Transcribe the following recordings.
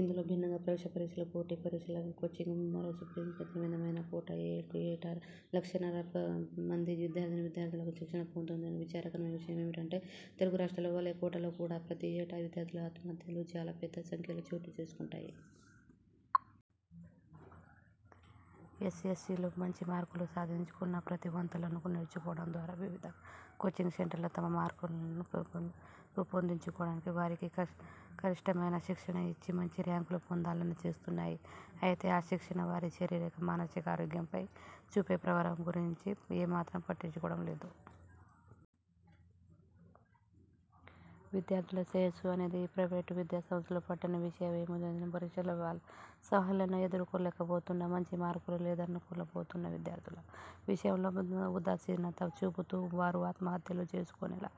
ఇందుకు భిన్నంగా, ప్రవేశ పరీక్షల, పోటీ పరీక్షల కోచింగ్కు మరో సుప్రసిద్ధకేంద్రమైన కోట లో ఏటా లక్షన్నర మంది విద్యార్థినీ విద్యార్థులు శిక్షణ పొందుతుంటారు. విచారకరమైన విషయమేమిటంటే తెలుగు రాష్ట్రాలలో వలే కోటలో కూడా ప్రతి ఏటా విద్యార్థుల ఆత్మహత్యలు చాలా పెద్ద సంఖ్యలో చోటుచేసుకుంటున్నాయి. ఎస్ఎస్సీలో మంచి మార్కులు సాధించుకున్న ప్రతిభావంతులను చేర్చుకోవడం ద్వారా వివిధ కోచింగ్ సెంటర్లు తమ మార్కెట్ను పెంపొందించుకొంటున్నాయి. వారికి కఠినమైన శిక్షణ ఇచ్చి మంచి ర్యాంకులు పొందేలా చేస్తున్నాయి. అయితే ఆ శిక్షణ వారి శారీరక, మానసిక ఆరోగ్యంపై చూపే ప్రభావం గురించి ఏమాత్రం పట్టించుకోవడం లేదు. విద్యార్థుల శ్రేయస్సు అనేది ఈ ప్రైవేట్ విద్యాసంస్థలకు పట్టని విషయమైపోయింది. పరీక్షల సవాళ్లను ఎదుర్కోలేకపోతున్న, మంచి మార్కులు పొందలేకపోతున్న విద్యార్థుల విషయంలో ఉదాసీనత చూపుతూ వారు ఆత్మహత్యలు చేసుకొనేలా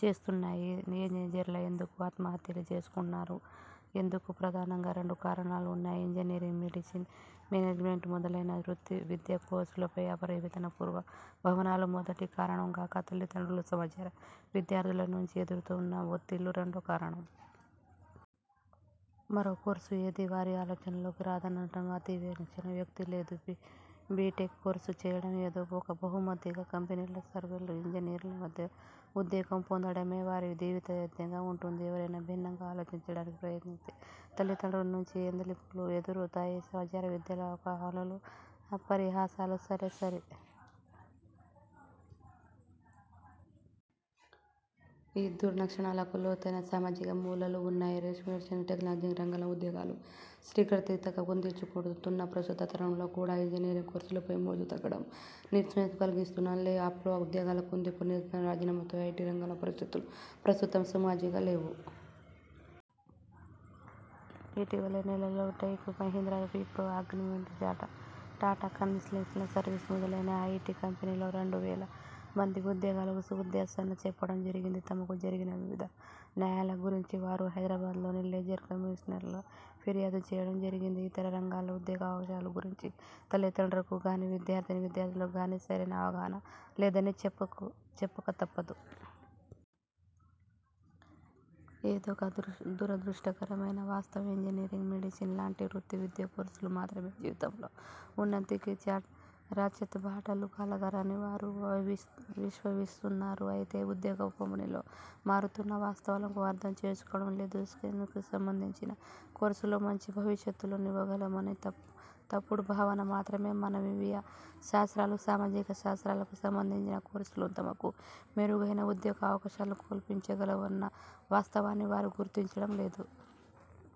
చేస్తున్నాయి. టీనేజర్లు ఎందుకు ఆత్మహత్య చేసుకొంటున్నారు? ఇందుకు ప్రధానంగా రెండు కారణాలు వున్నాయి. ఇంజనీరింగ్, మెడిసిన్, మేనేజ్మెంట్ మొదలైన వృత్తి విద్యా కోర్సులపై అపరిణత పూర్వ భావనలు మొదటి కారణం కాగా; తల్లిదండ్రులు, సహచర విద్యార్థుల నుంచి ఎదురవుతున్న ఒత్తిళ్ళు రెండో కారణం. మరో కోర్సు ఏదీ వారి ఆలోచనల్లోకి రాదనడంలో అతిశయోక్తి లేదు. బీటెక్ కోర్సు చేయడం, ఏదో ఒక బహుళజాతి కంపెనీలో సాఫ్ట్వేర్ ఇంజనీర్గా ఉద్యోగం పొందడమే వారి జీవితధ్యేయంగా వుంటున్నది. ఎవరైనా భిన్నంగా ఆలోచించడానికి ప్రయత్నిస్తే తల్లిదండ్రుల నుంచే మందలింపులు ఎదురవుతాయి. సహచర విద్యార్థుల అవహేళనలు, పరిహాసాలు సరే సరి. ఈ దుర్లక్షణాలకు లోతైన సామాజిక మూలాలు వున్నాయి. ఇన్ఫర్మేషన్ టెక్నాలజీ రంగంలో ఉద్యోగాలు శీఘ్రగతిన కుదించుకుపోతున్న ప్రస్తుత తరుణంలో కూడా ఇంజనీరింగ్ కోర్సులపై మోజు తగ్గకపోవడం విస్మయం కల్గిస్తోంది. లే ఆఫ్లు, ఉద్యోగుల కుదింపు, నిర్బంధ రాజీనామాలతో ఐటీ రంగంలో పరిస్థితులు ప్రస్తుతం సమజిగా లేవు. ఇటీవలి నెలల్లో Tech Mahindra, Wipro, Cognizant, Tata Consultancy Service మొదలైన ఐటీ కంపెనీలలో రెండు వేల మంది ఉద్యోగులకు ఉద్వాసన చెప్పడం జరిగింది. తమకు జరిగిన వివిధ అన్యాయాల గురించి వారు హైదరాబాద్లోని లేబర్ కమిషనర్కు ఫిర్యాదు చేయడం జరిగింది. ఇతర రంగాల్లో ఉద్యోగావకాశాల గురించి తల్లిదండ్రులకుగానీ, విద్యార్థినీ విద్యార్థులకు గానీ సరైన అవగాహన లేదని చెప్పకతప్పదు. ఇదొక దురదృష్టకరమైన వాస్తవం. ఇంజనీరింగ్, మెడిసిన్ లాంటి వృత్తి విద్యాకోర్సులు మాత్రమే జీవితంలో ఉన్నతికి రాచబాటలు కాగలవని వారు విశ్వసిస్తున్నారు. అయితే ఉద్యోగ విపణిలో మారుతున్న వాస్తవాలను అర్థం చేసుకోవడం లేదు. సైన్స్కు సంబంధించిన కోర్సులే మంచి భవిష్యత్తును ఇవ్వగలవన్నది తప్పుడు భావన మాత్రమే. మానవీయ శాస్త్రాలు, సామాజిక శాస్త్రాలకు సంబంధించిన కోర్సులు తమకు మెరుగైన ఉద్యోగావకాశాలను కల్పించగలవన్న వాస్తవాన్ని వారు గుర్తించడం లేదు.